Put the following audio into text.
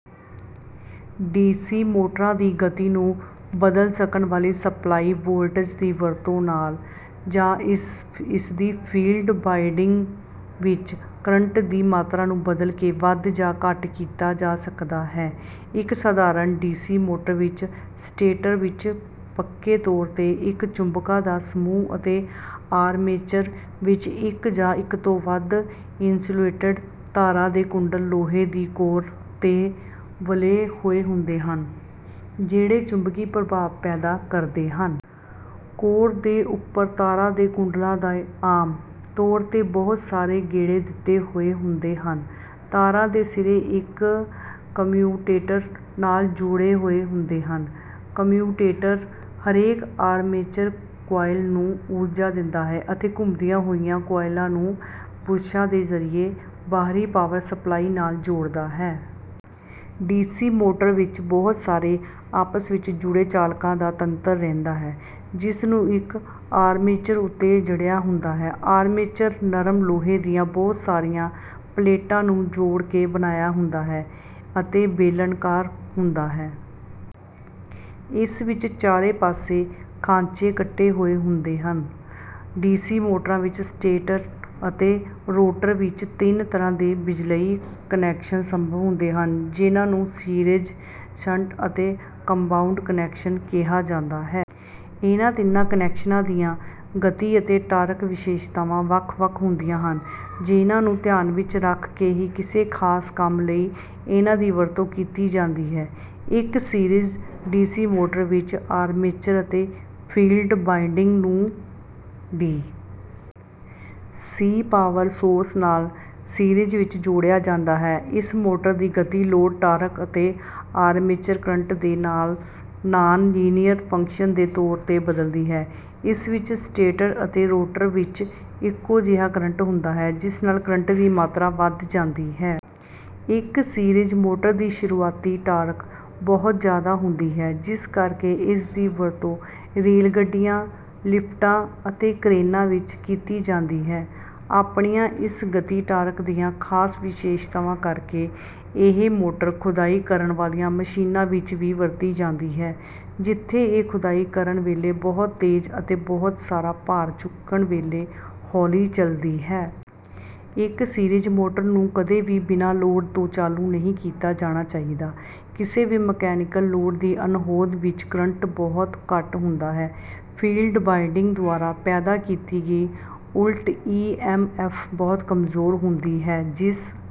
D C ਮੋਟਰਾਂ ਦੀ ਗਤੀ ਨੂੰ ਬਦਲ ਸਕਣ ਵਾਲੀ ਸਪਲਾਈ ਵੋਲਟੇਜ ਦੀ ਵਰਤੋਂ ਨਾਲ ਜਾਂ ਇਸਦੀ ਫੀਲਡ ਵਾਇੰਡਿੰਗ ਵਿੱਚ ਕਰੰਟ ਦੀ ਮਾਤਰਾ ਨੂੰ ਬਦਲ ਕੇ ਵੱਧ ਜਾਂ ਘੱਟ ਕੀਤਾ ਜਾ ਸਕਦਾ ਹੈ। ਇੱਕ ਸਧਾਰਨ ਡੀ ਸੀ ਮੋਟਰ ਵਿੱਚ ਸਟੇਟਰ ਵਿੱਚ ਪੱਕੇ ਤੌਰ ਤੇ ਇੱਕ ਚੁੰਬਕਾਂ ਦਾ ਸਮੂਹ ਅਤੇ ਆਰਮੇਚਰ ਵਿੱਚ ਇੱਕ ਜਾਂ ਇੱਕ ਤੋਂ ਵੱਧ ਇੰਸੂਲੇਟਡ ਤਾਰਾਂ ਦੇ ਕੁੰਡਲ ਲੋਹੇ ਦੀ ਕੋਰ ਤੇ ਵਲੇ ਹੋਏ ਹੁੰਦੇ ਹਨ, ਜਿਹੜੇ ਚੁੰਬਕੀ ਪ੍ਰਭਾਵ ਪੈਦਾ ਕਰਦੇ ਹਨ। ਕੋਰ ਦੇ ਉੱਪਰ ਤਾਰਾਂ ਦੇ ਕੁੰਡਲਾਂ ਦੇ ਆਮ ਤੌਰ ਤੇ ਬਹੁਤ ਸਾਰੇ ਗੇੜੇ ਦਿੱਤੇ ਹੋਏ ਹੁੰਦੇ ਹਨ। ਤਾਰਾਂ ਦੇ ਸਿਰੇ ਇੱਕ ਕਮਿਊਟੇਟਰ ਨਾਲ ਜੋੜੇ ਹੋਏ ਹੁੰਦੇ ਹਨ। ਕਮਿਊਟੇਟਰ ਹਰੇਕ ਆਰਮੇਚਰ ਕੁਆਇਲ ਨੂੰ ਊਰਜਾ ਦਿੰਦਾ ਹੈ ਅਤੇ ਘੁੰਮਦੀਆਂ ਹੋਈਆਂ ਕੁਆਇਲਾਂ ਨੂੰ ਬੁਰਸ਼ਾਂ ਦੇ ਜ਼ਰੀਏ ਬਾਹਰੀ ਪਾਵਰ ਸਪਲਾਈ ਨਾਲ ਜੋੜਦਾ ਹੈ। ਡੀਸੀ ਮੋਟਰ ਵਿੱਚ ਬਹੁਤ ਸਾਰੇ ਆਪਸ ਵਿੱਚ ਜੁੜੇ ਚਾਲਕਾਂ ਦਾ ਤੰਤਰ ਰਹਿੰਦਾ ਹੈ, ਜਿਸਨੂੰ ਇੱਕ ਆਰਮੇਚਰ ਉੱਤੇ ਜੜਿਆ ਹੁੰਦਾ ਹੈ। ਆਰਮੇਚਰ, ਨਰਮ ਲੋਹੇ ਦੀਆਂ ਬਹੁਤ ਸਾਰੀਆਂ ਪਲੇਟਾਂ ਨੂੰ ਜੋੜ ਕੇ ਬਣਾਇਆ ਹੁੰਦਾ ਹੈ ਅਤੇ ਬੇਲਨਾਕਾਰ ਹੁੰਦਾ ਹੈ। ਇਸ ਵਿੱਚ ਚਾਰੇ ਪਾਸੇ ਖਾਂਚੇ ਕੱਟੇ ਹੋਏ ਹੁੰਦੇ ਹਨ। ਡੀ ਸੀ ਮੋਟਰਾਂ ਵਿੱਚ ਸਟੇਟਰ ਅਤੇ ਰੋਟਰ ਵਿੱਚ ਤਿੰਨ ਤਰ੍ਹਾਂ ਦੇ ਬਿਜਲਈ ਕਨੈਕਸ਼ਨ ਸੰਭਵ ਹੁੰਦੇ ਹਨ, ਜਿਹਨਾਂ ਨੂੰ ਸੀਰੀਜ਼, ਸ਼ੰਟ ਅਤੇ ਕੰਪਾਊਂਡ ਕਨੈਕਸ਼ਨ ਕਿਹਾ ਜਾਂਦਾ ਹੈ। ਇਹਨਾਂ ਤਿੰਨਾਂ ਕਨੈਕਸ਼ਨਾਂ ਦੀਆਂ ਗਤੀ ਅਤੇ ਟਾਰਕ ਵਿਸ਼ੇਸ਼ਤਾਵਾਂ ਵੱਖ-ਵੱਖ ਹੁੰਦੀਆਂ ਹਨ, ਜਿਹਨਾਂ ਨੂੰ ਧਿਆਨ ਵਿੱਚ ਰੱਖ ਕੇ ਹੀ ਕਿਸੇ ਖਾਸ ਕੰਮ ਲਈ ਇਹਨਾਂ ਦੀ ਵਰਤੋਂ ਕੀਤੀ ਜਾਂਦੀ ਹੈ। ਇੱਕ ਸੀਰੀਜ਼ ਡੀ ਸੀ ਮੋਟਰ ਵਿੱਚ ਆਰਮੇਚਰ ਅਤੇ ਫੀਲਡ ਵਾਇੰਡਿੰਗ ਨੂੰ ਡੀ. ਸੀ. ਪਾਵਰ ਸੋਰਸ ਨਾਲ ਸੀਰੀਜ਼ ਵਿੱਚ ਜੋੜਿਆ ਜਾਂਦਾ ਹੈ। ਇਸ ਮੋਟਰ ਦੀ ਗਤੀ ਲੋਡ ਟਾਰਕ ਅਤੇ ਆਰਮੇਚਰ ਕਰੰਟ ਦੇ ਨਾਲ ਨਾਨ-ਲੀਨੀਅਰ ਫੰਕਸ਼ਨ ਦੇ ਤੌਰ ਤੇ ਬਦਲਦੀ ਹੈ। ਇਸ ਵਿੱਚ ਸਟੇਟਰ ਅਤੇ ਰੋਟਰ ਵਿੱਚ ਇੱਕੋ ਜਿਹਾ ਕਰੰਟ ਹੁੰਦਾ ਹੈ ਜਿਸ ਨਾਲ ਕਰੰਟ ਦੀ ਮਾਤਰਾ ਵਧ ਜਾਂਦੀ ਹੈ। ਇੱਕ ਸੀਰੀਜ਼ ਮੋਟਰ ਦੀ ਸ਼ੁਰੂਆਤੀ ਟਾਰਕ ਬਹੁਤ ਜ਼ਿਆਦਾ ਹੁੰਦੀ ਹੈ ਜਿਸ ਕਰਕੇ ਇਸਦੀ ਵਰਤੋਂ ਰੇਲਗੱਡੀਆਂ, ਲਿਫਟਾਂ ਅਤੇ ਕਰੇਨਾਂ ਵਿੱਚ ਕੀਤੀ ਜਾਂਦੀ ਹੈ। ਆਪਣੀਆਂ ਇਸ ਗਤੀ-ਟਾਰਕ ਦੀਆਂ ਖਾਸ ਵਿਸ਼ੇਸ਼ਤਾਵਾਂ ਕਰਕੇ ਇਹ ਮੋਟਰ ਖੁਦਾਈ ਕਰਨ ਵਾਲੀਆਂ ਮਸ਼ੀਨਾਂ ਵਿੱਚ ਵੀ ਵਰਤੀ ਜਾਂਦੀ ਹੈ ਜਿੱਥੇ ਇਹ ਖੁਦਾਈ ਕਰਨ ਵੇਲੇ ਬਹੁਤ ਤੇਜ਼ ਅਤੇ ਬਹੁਤ ਸਾਰਾ ਭਾਰ ਚੁੱਕਣ ਵੇਲੇ ਹੌਲੀ ਚੱਲਦੀ ਹੈ। ਇੱਕ ਸੀਰੀਜ਼ ਮੋਟਰ ਨੂੰ ਕਦੇ ਵੀ ਬਿਨ੍ਹਾਂ ਲੋਡ ਤੋਂ ਚਾਲੂ ਨਹੀਂ ਕੀਤਾ ਜਾਣਾ ਚਾਹੀਦਾ। ਕਿਸੇ ਵੀ ਮਕੈਨੀਕਲ ਲੋਡ ਦੀ ਅਣਹੋਂਦ ਵਿੱਚ ਕਰੰਟ ਬਹੁਤ ਘੱਟ ਹੁੰਦਾ ਹੈ, ਫੀਲਡ ਵਾਇੰਡਿੰਗ ਦੁਆਰਾ ਪੈਦਾ ਕੀਤੀ ਗਈ ਉਲਟ-ਈ ਐਮ ਐਫ ਬਹੁਤ ਕਮਜ਼ੋਰ ਹੁੰਦੀ ਹੈ, ਜਿਸ...